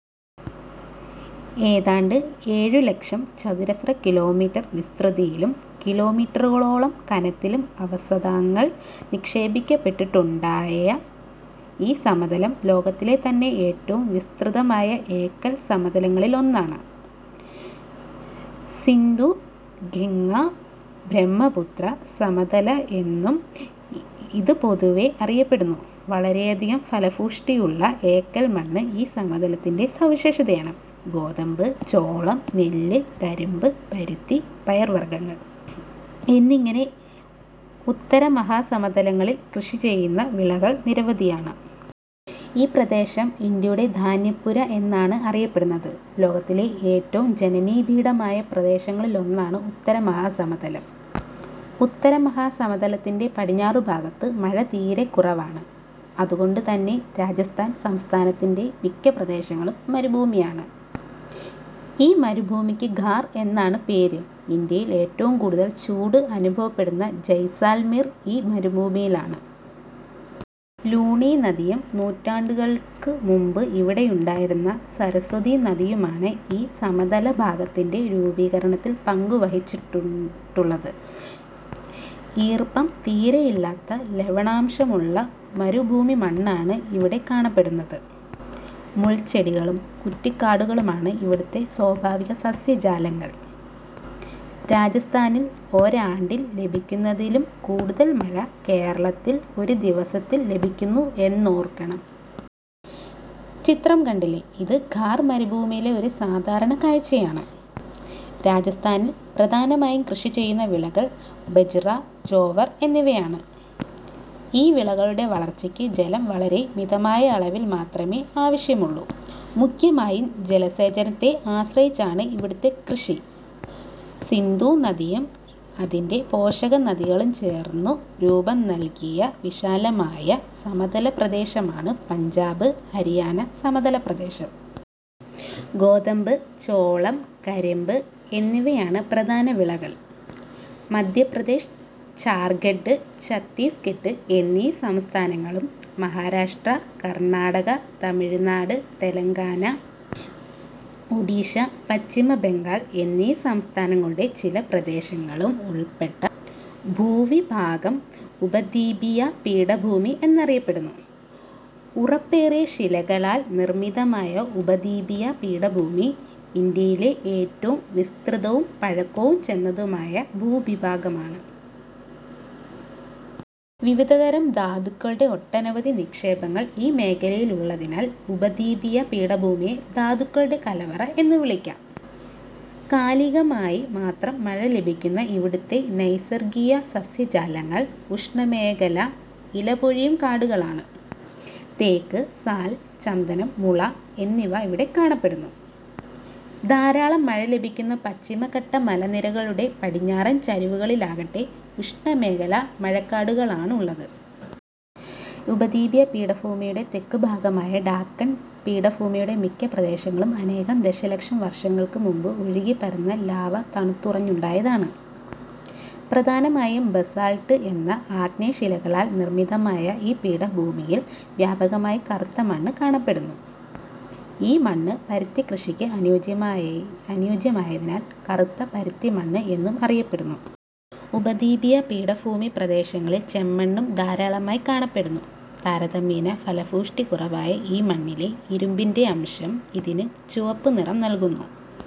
ഏതാണ്ട് ഏഴു ലക്ഷം ചതുരശ്ര കിലോ മീറ്റർ വിസ്തൃതിയിലും കിലോമീറ്ററുകളോളം കനത്തിലും അവസാദങ്ങൾ നിക്ഷേപിക്കപ്പെട്ടുണ്ടായ ഈ സമതലം ലോകത്തിലെതന്നെ ഏറ്റവും വിസ്തൃതമായ എക്കൽ സമതലങ്ങളിലൊന്നാണ്. സിന്ധു-ഗംഗ-ബ്രഹ്മ പുത്രാ സമതലം എന്നും ഇത് പൊതുവെ അറിയപ്പെടുന്നു. വളരെയധികം ഫലപുഷ്ടിയുള്ള എക്കൽമണ്ണ് ഈ സമതലത്തിന്റെ സവിശേഷതയാണ്. ഗോതമ്പ്, ചോളം, നെല്ല്, കരിമ്പ്, പരുത്തി, പയർവർഗങ്ങൾ എന്നിങ്ങനെ ഉത്തര മഹാസമതലങ്ങളിൽ കൃഷിചെയ്യുന്ന വിളകൾ നിരവധിയാണ്. ഈ പ്രദേശം ഇന്ത്യയുടെ ധാന്യപ്പുര എന്നാണ് അറിയപ്പെടുന്നത്. ലോകത്തിലെ ഏറ്റവും ജനനിബിഡമായ പ്രദേശങ്ങളിലൊന്നാണ് ഉത്തരമഹാസമതലം. ഉത്തരമഹാസമതലത്തിന്റെ പടിഞ്ഞാറു ഭാഗത്ത് മഴ തീരെ കുറവാണ്. അതു കൊണ്ടുതന്നെ രാജസ്ഥാൻ സംസ്ഥാനത്തിന്റെ മിക്ക പ്രദേശങ്ങളും മരു ഭൂമിയാണ്. ഈ മരുഭൂമിക്ക് ഥാർ എന്നാണ് പേര്. ഇന്ത്യയിൽ ഏറ്റവും കൂടുതൽ ചൂട് അനുഭവപ്പെടുന്ന ജയ്സാൽമിർ ഈ മരുഭൂമിയിലാണ്. ലൂണി നദിയും നൂറ്റാണ്ടുകൾക്കു മുമ്പ് ഇവിടെയുണ്ടായിരുന്ന സരസ്വതി നദിയുമാണ് ഈ സമതലഭാഗത്തിന്റെ രൂപീകരണത്തിൽ പങ്കു വഹിച്ചിട്ടു ള്ളത്. ഈർപ്പം തീരെയില്ലാത്ത ലവണാംശമുള്ള മരു ഭൂമിമണ്ണാണ് ഇവിടെ കാണപ്പെടുന്നത്. മുൾച്ചെടികളും കുറ്റിക്കാടുകളുമാണ് ഇവിടത്തെ സ്വാഭാവിക സസ്യജാലങ്ങൾ. രാജസ്ഥാനിൽ ഒരാണ്ടിൽ ലഭിക്കുന്നതിലും കൂടുതൽ മഴ കേരളത്തിൽ ഒരു ദിവസത്തിൽ ലഭിക്കുന്നു എന്നോർക്കണം. ചിത്രം കണ്ടില്ലേ. ഇത് ഥാർ മരുഭൂമിയിലെ ഒരു സാധാരണ കാഴ്ചയാണ്. രാജസ്ഥാനിൽ പ്രധാനമായും കൃഷിചെയ്യുന്ന വിളകൾ ബജ്റ, ജോവർ എന്നിവയാണ്. ഈ വിളകളുടെ വളർച്ചയ്ക്ക് ജലം വളരെ മിതമായ അളവിൽ മാത്രമേ ആവശ്യമുള്ളൂ. മുഖ്യമായും ജലസേചനത്തെ ആശ്രയിച്ചാണ് ഇവിടത്തെ കൃഷി. സിന്ധുനദിയും അതിന്റെ പോഷകനദികളും ചേർന്നു രൂപം നൽകിയ വിശാലമായ സമതലപ്രദേശമാണ് പഞ്ചാബ്, ഹരിയാന സമതല പ്രദേശം. ഗോതമ്പ്, ചോളം, കരിമ്പ് എന്നിവയാണ് പ്രധാന വിളകൾ. മധ്യപ്രദേശ്, ഝാർഖണ്ഡ്, ഛത്തീസ്ഗഡ് എന്നീ സംസ്ഥാനങ്ങളും മഹാരാഷ്ട്ര, കർണാടകം, തമിഴ്നാട്, തെലങ്കാന, ഒഡിഷ, പശ്ചിമബംഗാൾ എന്നീ സംസ്ഥാനങ്ങളുടെ ചില പ്രദേശങ്ങളും ഉൾപ്പെട്ട ഭൂവിഭാഗം ഉപദ്വീപീയ പീഠഭൂമി എന്നറിയപ്പെടുന്നു. ഉറപ്പേറിയ ശിലകളാൽ നിർമിതമായ ഉപദ്വീപീയ പീഠഭൂമി ഇന്ത്യയിലെ ഏറ്റവും വിസ്തൃതവും പഴക്കം ചെന്നതുമായ ഭൂവിഭാഗമാണ്. വിവിധതരം ധാതു ക്കളുടെ ഒട്ടനവധി നിക്ഷേപങ്ങൾ ഈ മേഖലയിലുള്ളതിനാൽ ഉപദ്വീപീയ പീഠഭൂമിയെ ""ധാതുക്കളുടെ കലവറ' എന്നും വിളിക്കാം. കാലികമായി മാത്രം മഴ ലഭിക്കുന്ന ഇവിടത്തെ നൈസർഗിക സസ്യജാലങ്ങൾ ഉഷ്ണമേഖലാ ഇലപൊഴിയും കാടുകളാണ്. തേക്ക്, സാൽ, ചന്ദനം, മുള എന്നിവ ഇവിടെ കാണപ്പെടുന്നു. ധാരാളം മഴ ലഭിക്കുന്ന പശ്ചിമഘട്ട മലനിരകളുടെ പടിഞ്ഞാറൻ ചരിവുകളിലാകട്ടെ, ഉഷ്ണമേഖലാ മഴക്കാടുകളാണുള്ളത്. ഉപദ്വീപീയ പീഠഭൂമിയുടെ തെക്കുഭാഗമായ ഡക്കാൺ പീഠഭൂമിയുടെ മിക്ക പ്രദേശങ്ങളും അനേകം ദശലക്ഷം വർഷങ്ങൾക്കു മുമ്പ് ഒഴുകിപ്പരന്ന ലാവ തണുത്തുറഞ്ഞുണ്ടായതാണ്. പ്രധാനമായും ബസാൾട്ട് എന്ന ആഗ്നേയശിലകളാൽ നിർമിതമായ ഈ പീഠഭൂമിയിൽ വ്യാപകമായി കറുത്ത മണ്ണ് കാണപ്പെടുന്നു. ഈ മണ്ണ് പരുത്തിക്കൃഷിക്ക് അനുയോജ്യമായതിനാൽ "കറുത്ത പരുത്തിമണ്ണ്' എന്നും അറിയപ്പെടുന്നു. ഉപദ്വീപീയ പീഠഭൂമിപ്രദേശങ്ങളിൽ ചെമ്മണ്ണും ധാരാളമായി കാണപ്പെടുന്നു. താരതമ്യേന ഫലപുഷ്ടി കുറവായ ഈ മണ്ണിലെ ഇരുമ്പിന്റെ അംശം ഇതിന് ചുവപ്പുനിറം നൽകുന്നു.